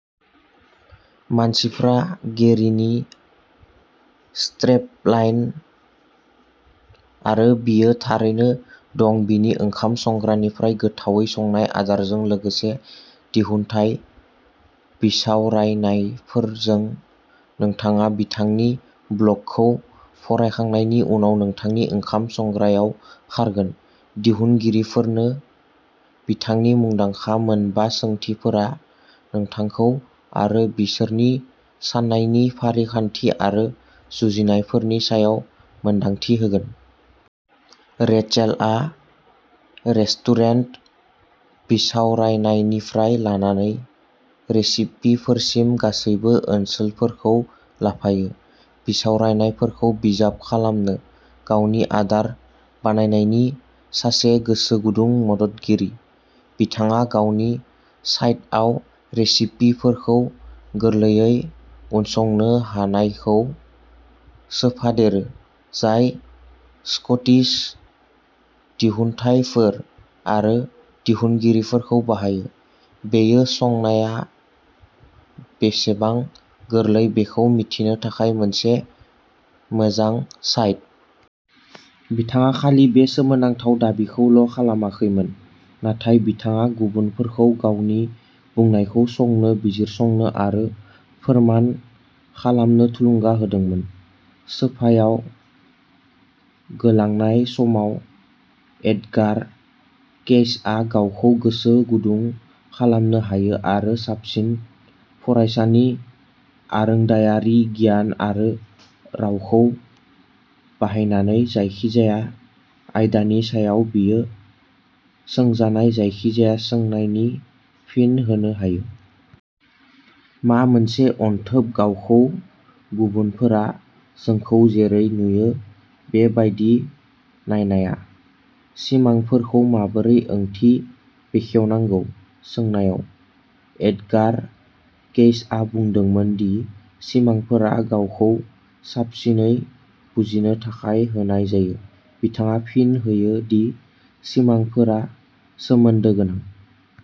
मानसिफ्रा गेरिनि स्ट्रेपलाइन आरो बियो थारैनो दं बिनि ओंखाम संग्रानिफ्राय गोथावै संनाय आदारजों लोगोसे दिहुनथाय बिसावरायनायफोरजों नोंथाङा बिथांनि ब्लगखौ फरायखांनायनि उनाव नोंथांनि ओंखाम संग्रायाव खारगोन। दिहुनगिरिफोरनो बिथांनि मुंदांखा मोन बा सोंथिफोरा नोंथांखौ आरो बिसोरनि साननायनि फारिखान्थि आरो जुजिनायफोरनि सायाव मोनदांथि होगोन। रेचेलआ रेस्टुरेन्ट बिसावरायनायनिफ्राय लानानै रेसिपिफोरसिम गासैबो ओनसोलफोरखौ लाफायो, बिसावरायफोरखौ बिजाब खालामनो। गावनि आदार बानायनायनि सासे गोसोगुदुं मददगिरि, बिथाङा गावनि साइटआव रेसिपिफोरखौ गोरलैयै उनसंनो हानायखौ सोफादेरो, जाय स्कटिस दिहुनथायफोर आरो दिहुनगिरिफोरखौ बाहायो। बेयो संनाया बेसेबां गोरलै बेखौ मिथिनो थाखाय मोनसे मोजां साइट। बिथाङा खालि बे सोमोनांथाव दाबिखौल' खालामाखैमोन, नाथाय बिथाङा गुबुनफोरखौ गावनि बुंनायखौ संनो, बिजिरसंनो आरो फोरमान खालामनो थुलुंगा होदोंमोन। सोफायाव गोलांनाय समाव, एडगार केइसआ गावखौ गोसो गुदुं खालामनो हायो आरो साबसिन फरायसानि आरोंदायारि गियान आरो रावखौ बाहायनानै जायखिजाया आयदानि सायाव बियो सोंजानाय जायखिजाया सोंनायनि फिन होनो हायो। मा मोनसे अनथोब गावखौ गुबुनफोरा जोंखौ जेरै नुयो बे बायदि नायनाया। सिमांफोरखौ माबोरै ओंथि बेखेवनांगौ सोंनायाव, एडगार केइसआ बुंदोंमोन दि सिमांफोरा गावखौ साबसिनै बुजिनो थाखाय होनाय जायो। बिथाङा फिन होयो दि सिमांफोरा सोमोन्दो गोनां।